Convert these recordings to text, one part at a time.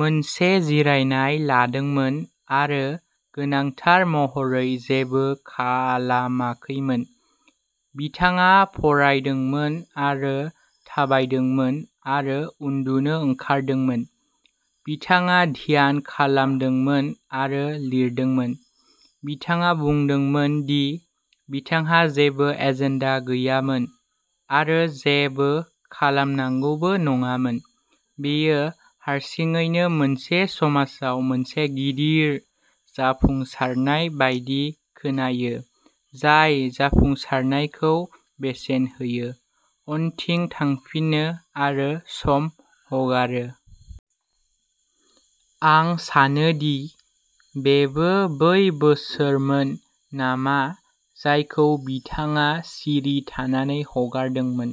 मोनसे जिरायनाय लादोंमोन आरो गोनांथार महरै जेबो खालामाखैमोन। बिथाङा फरायदोंमोन आरो थाबायदोंमोन आरो उन्दुनो ओंखारदोंमोन। बिथाङा ध्यान खालामदोंमोन आरो लिरदोंमोन। बिथाङा बुंदोंमोन दि बिथांहा जेबो एजेन्डा गैयामोन, आरो जेबो खालामनांगौबो नङामोन। बेयो हारसिङैनो मोनसे समाजाव मोनसे गिदिर जाफुंसारनाय बायदि खोनायो, जाय जाफुंसारनायखौ बेसेन होयो, उनथिं थांफिनो आरो सम हगारो। आं सानो दि बेबो बै बोसोरमोन नामा जायखौ बिथाङा सिरि थानानै हगारदोंमोन।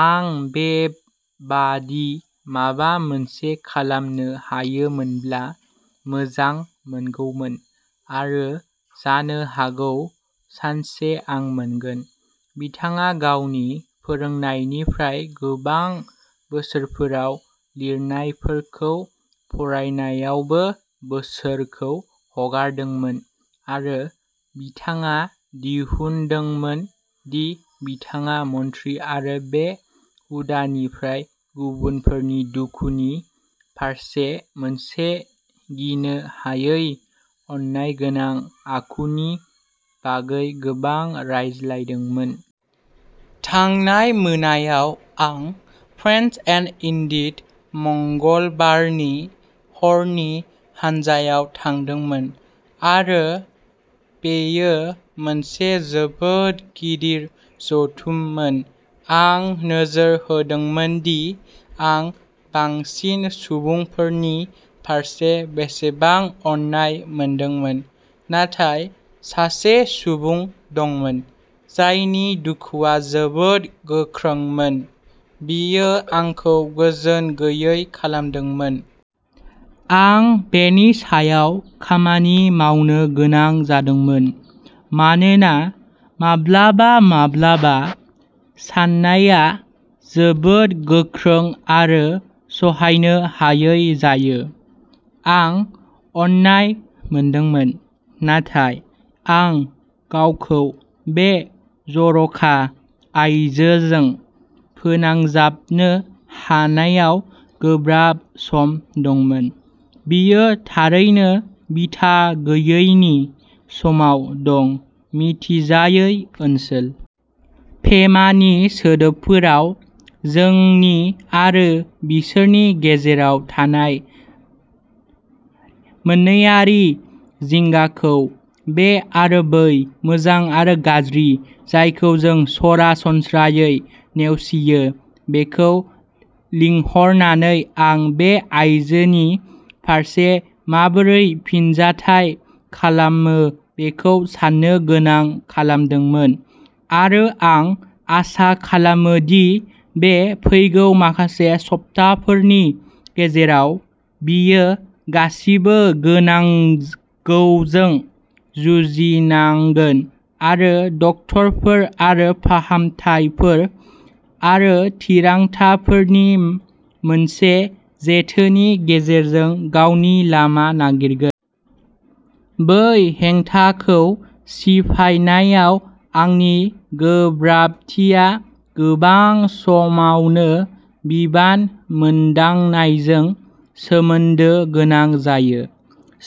आं बेबादि माबा मोनसे खालामनो हायोमोनब्ला मोजां मोनगौमोन आरो जानो हागौ सानसे आं मोनगोन। बिथाङा गावनि फोरोंनायनिफ्राय गोबां बोसोरफोराव लिरनायफोरखौ फरायनायावबो बोसोरखौ हगारदोंमोन आरो बिथाङा दिहुनदोंमोन दि बिथाङा मैत्री आरो बै हुदानिफ्राय, गुबुनफोरनि दुखुनि फारसे मोनसे गिनो हायै अननायगोनां आखुनि बागै गोबां रायज्लायदोंमोन। थांनाय मोनायाव आं फ्रेंड्स इन डीडनि मंगलबारनि हरनि हानजायाव थांदोंमोन आरो बेयो मोनसे जोबोद गिदिर जथुममोन आं नोजोर होदोंमोन दि आं बांसिन सुबुंफोरनि फारसे बेसेबां अननाय मोनदोंमोन, नाथाय सासे सुबुं दंमोन जायनि दुखुआ जोबोद गोख्रोंमोन, बियो आंखौ गोजोन गैयै खालामदोंमोन। आं बेनि सायाव खामानि मावनो गोनां जादोंमोन, मानोना माब्लाबा माब्लाबा साननायआ जोबोद गोख्रों आरो सहायनो हायै जायो। आं अननाय मोनदोंमोन, नाथाय आं गावखौ बे जर'खा आयजोजों फोनांजाबनो हानायाव गोब्राब सम दंमोन। बियो थारैनो बिथा गैयै नि समाव दं-मिथिजायै ओनसोल। पेमानि सोदोबफोराव, जोंनि आरो बिसोरनि गेजेराव थानाय मोन्नैआरि जिंगाखौ, बे आरो बै, मोजां आरो गाज्रि, जायखौ जों सरासनस्रायै नेवसियो बेखौ लिंहरनानै आं बे आइजोनि फारसे माबोरै फिनजाथाय खालामो बेखौ साननो गोनां खालामदोंमोन। आरो आं आसा खालामो दि बे फैगौ माखासे सप्ताफोरनि गेजेराव, बियो गासिबो गोनांगौजों जुजिनांगोन आरो डाक्टारफोर आरो फाहामथायफोर आरो थिरांथाफोरनि मोनसे जेथोनि गेजेरजों गावनि लामा नागिरगोन। बै हेंथाखौ सिफायनायाव आंनि गोब्राबथिया गोबां समावनो बिबान मोनदांनायजों सोमोन्दो गोनां जायो।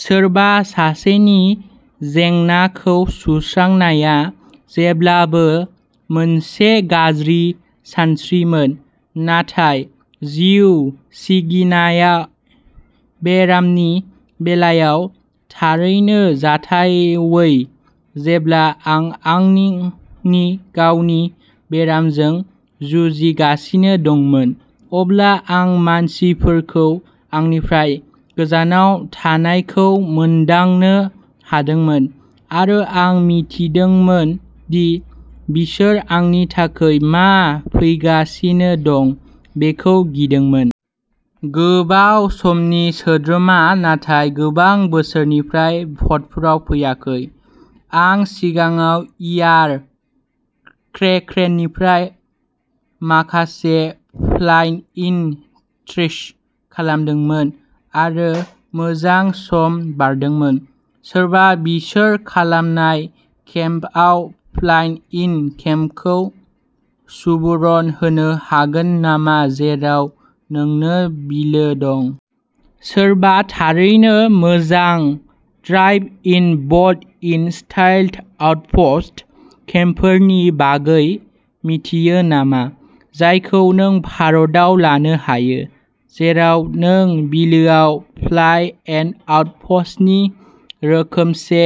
सोरबा सासेनि जेंनाखौ सुस्रांनाया जेब्लाबो मोनसे गाज्रि सानस्रिमोन, नाथाय जिउ सिगिनाय बेरामनि बेलायाव थारैनो जाथावै जेब्ला आं आंनि गावनि बेरामजों जुजिगासिनो दंमोन, अब्ला आं मानसिफोरखौ आंनिफ्राय गोजानाव थानायखौ मोनदांनो हादोंमोन, आरो आं मिथिदोंमोन दि बिसोर आंनि थाखाय मा फैगासिनो दं बेखौ गिदोंमोन। गोबाव समनि सोद्रोमा नाथाय गोबां बोसोरनिफ्राय बर्डफोराव फैयाखै। आं सिगाङाव एयार क'क्रेननिफ्राय माखासे फ्लाइ-इन ट्रिप्स खालामदोंमोन आरो मोजां सम बारदोंमोन। सोरबा बिसोर खालामनाय केम्पआव फ्लाइ इन केम्पखौ सुबुरुन होनो हागोन नामा, जेराव नोंनो बिलो दं? सोरबा थारैनो मोजां drive in boat in style outpost केम्पफोरनि बागै मिथियो नामा, जायखौ नों भारतयाव लानो हायो, जेराव नों बिलोआव फ्लाइ इन आउटप'स्टनि रोखोमसे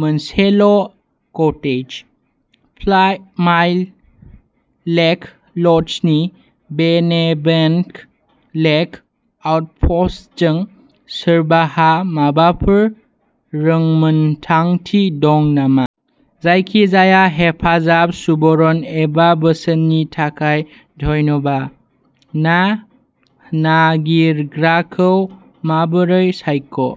मोनसेल' कटेज? फाइभ माइल लेक ल'जनि वेनेबेगन लेक आउटप'स्टजों सोरबाहा माबाफोर रोंमोनदांथि दं नामा? जायखिजाया हेफाजाब, सुबुरुन एबा बोसोननि थाखाय धन्यबा ना नागिरग्राखौ माबोरै सायख